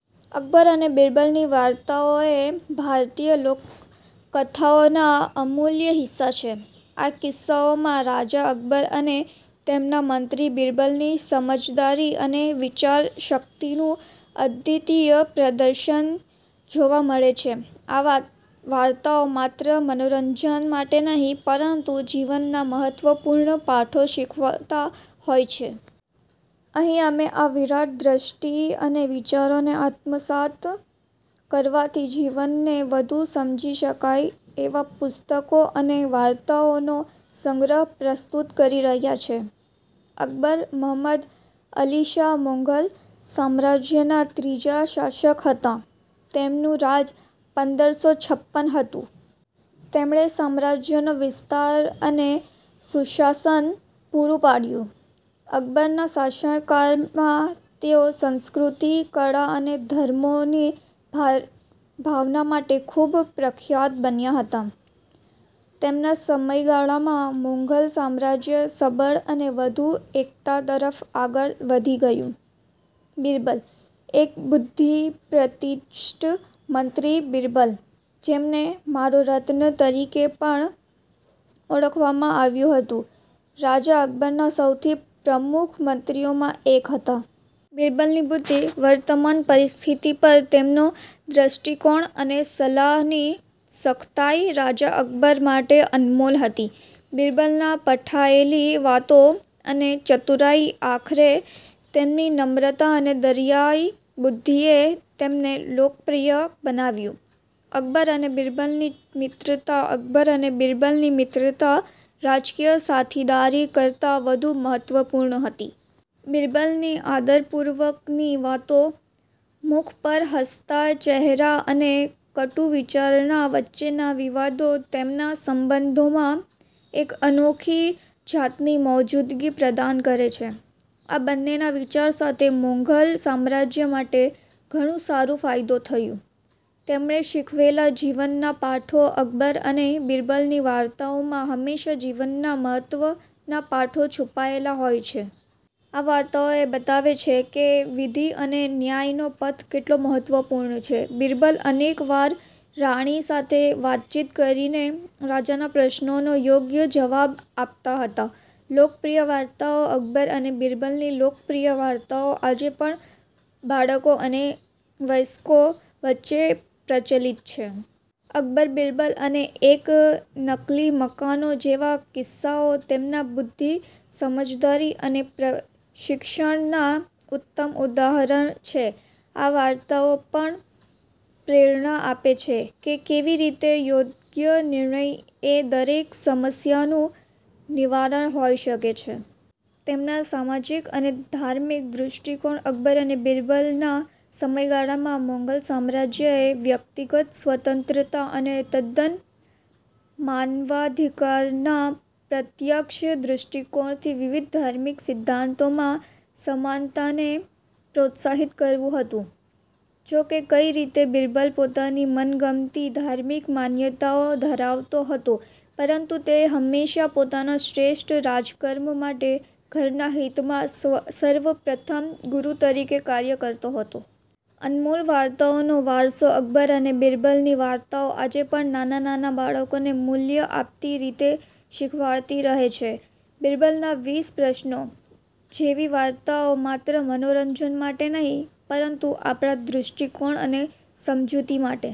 અકબર અને બીરબલની વાર્તાઓ એ ભારતીય લોકકથાઓના અમૂલ્ય હિસ્સા છે. આ કિસ્સાઓમાં રાજા અકબર અને તેમના મંત્રી બીરબલની સમજદારી અને વિચારશક્તિનું અદ્વિતીય પ્રદર્શન જોવા મળે છે. આ વાર્તાઓ માત્ર મનોરંજન માટે નહિ, પરંતુ જીવનના મહત્વપૂર્ણ પાઠો શીખવતા હોય છે. અહીં અમે આ વિરાટ દ્રષ્ટિ અને વિચારોને આત્મસાત કરવાથી જીવનને વધુ સમજી શકાય એવા પુસ્તકો અને વાર્તાઓનો સંગ્રહ પ્રસ્તુત કરી રહ્યા છે. અકબર, મહમદ અલીશાહ મૌધલ, સામ્રાજ્યના ત્રીજા શાસક હતા. તેમનું રાજ પંદર સો છપ્પન હતું। તેમણે સામ્રાજ્યનો વિસ્તાર અને સુશાસન પૂરું પાડ્યું. અકબરના શાસનકાળમાં તેઓ સંસ્કૃતિ, કળા અને ધર્મોની ભાવના માટે ખુબ પ્રખ્યાત બન્યા હતા. તેમના સમયગાળામાં મૌઘલ સામ્રાજ્ય સબળ અને વધુ એકતા તરફ આગળ વધી ગયું. બીરબલ: એક બુદ્ધિપ્રતિષ્ઠ મંત્રી બીરબલ, જેમને મારો રત્ન તરીકે પણ ઓળખવામાં આવતું હતું, રાજા અકબરના સૌથી પ્રમુખ મંત્રીઓમાં એક હતા. બીરબલની બુદ્ધિ, વરતમાન પરિસ્થિતિ પર તેમનો દ્રષ્ટિકોણ અને સલાહની સખતાઈ રાજા અકબર માટે અનમોલ હતી. બીરબલના પઠાયેલી વાતો અને ચતુરાઈ આખરે તેમની નમ્રતા અને દરિયાઈ બુદ્ધિએ તેમને લોકપ્રિય બનાવ્યું. અકબર અને બીરબલની મિત્રતા અકબર અને બીરબલની મિત્રતા રાજકીય સાથીદારી કરતા વધુ મહત્વપૂર્ણ હતી. બીરબલની આદરપૂર્વકની વાતો, મુખ પર હસતા ચહેરા અને કટુ વિચારણા વચ્ચેના વિવાદો તેમના સંબંધોમાં એક અનોખી જાતની મૌજૂદગી પ્રદાન કરે છે. આ બંનેના વિચાર સાથે મૌઘલ સામ્રાજ્ય માટે ઘણું સારું ફાયદો થયું. તેમણે શીખવેલા જીવનના પાઠો અકબર અને બીરબલની વાર્તાઓમાં હંમેશા જીવનના મહત્વના પાઠો છુપાયેલા હોય છે. આ વાર્તાઓ એ બતાવે છે કે વિધિ અને ન્યાયનો પંથ કેટલો મહત્વપૂર્ણ છે. બીરબલ અનેક વાર રાણી સાથે વાતચીત કરીને રાજાના પ્રશ્નોનો યોગ્ય જવાબ આપતા હતા. લોકપ્રિય વાર્તાઓ અકબર અને બીરબલની લોકપ્રિય વાર્તાઓ આજે પણ બાળકો અને વયસ્કો વચ્ચે પ્રચલિત છે. અકબર-બીરબલ અને એક નકલી મકાનો જેવા કિસ્સાઓ તેમના બુદ્ધિ, સમજદારી અને પ્રશિક્ષણના ઉત્તમ ઉદાહરણ છે. આ વાર્તાઓ પણ પ્રેરણા આપે છે કે કેવી રીતે યોગ્ય નિર્ણય એ દરેક સમસ્યાનું નિવારણ હોઈ શકે છે. તેમના સામાજિક અને ધાર્મિક દૃષ્ટિકોણ અકબર અને બીરબલના સમયગાળામાં, મૌઘલ સામ્રાજ્ય એ વ્યક્તિગત સ્વતંત્રતા અને તદ્દન માનવાધિકારના પ્રત્યક્ષ દ્રષ્ટિકોણથી વિવિધ ધાર્મિક સિદ્ધાંતોમાં સમાનતાને પ્રોત્સાહિત કરતું હતું. જો કે, કઈ રીતે બીરબલ પોતાની મનગમતી ધાર્મિક માન્યતાઓ ધરાવતો હતો, પરંતુ તે હંમેશા પોતાના શ્રેષ્ઠ રાજકર્મ માટે ઘરના હિતમાં સર્વપ્રથમ ગુરુ તરીકે કાર્ય કરતો હતો. અનમોલ વાર્તાઓનો વારસો અકબર અને બીરબલની વાર્તાઓ આજે પણ નાનાં નાનાં બાળકોને મૂલ્ય આપતી રીતે શીખવાડતી રહે છે. "બીરબલના વીસ પ્રશ્નો" જેવી વાર્તાઓ માત્ર મનોરંજન માટે નહિ પરંતુ આપણા દૃષ્ટિકોણ અને સમજૂતી માટે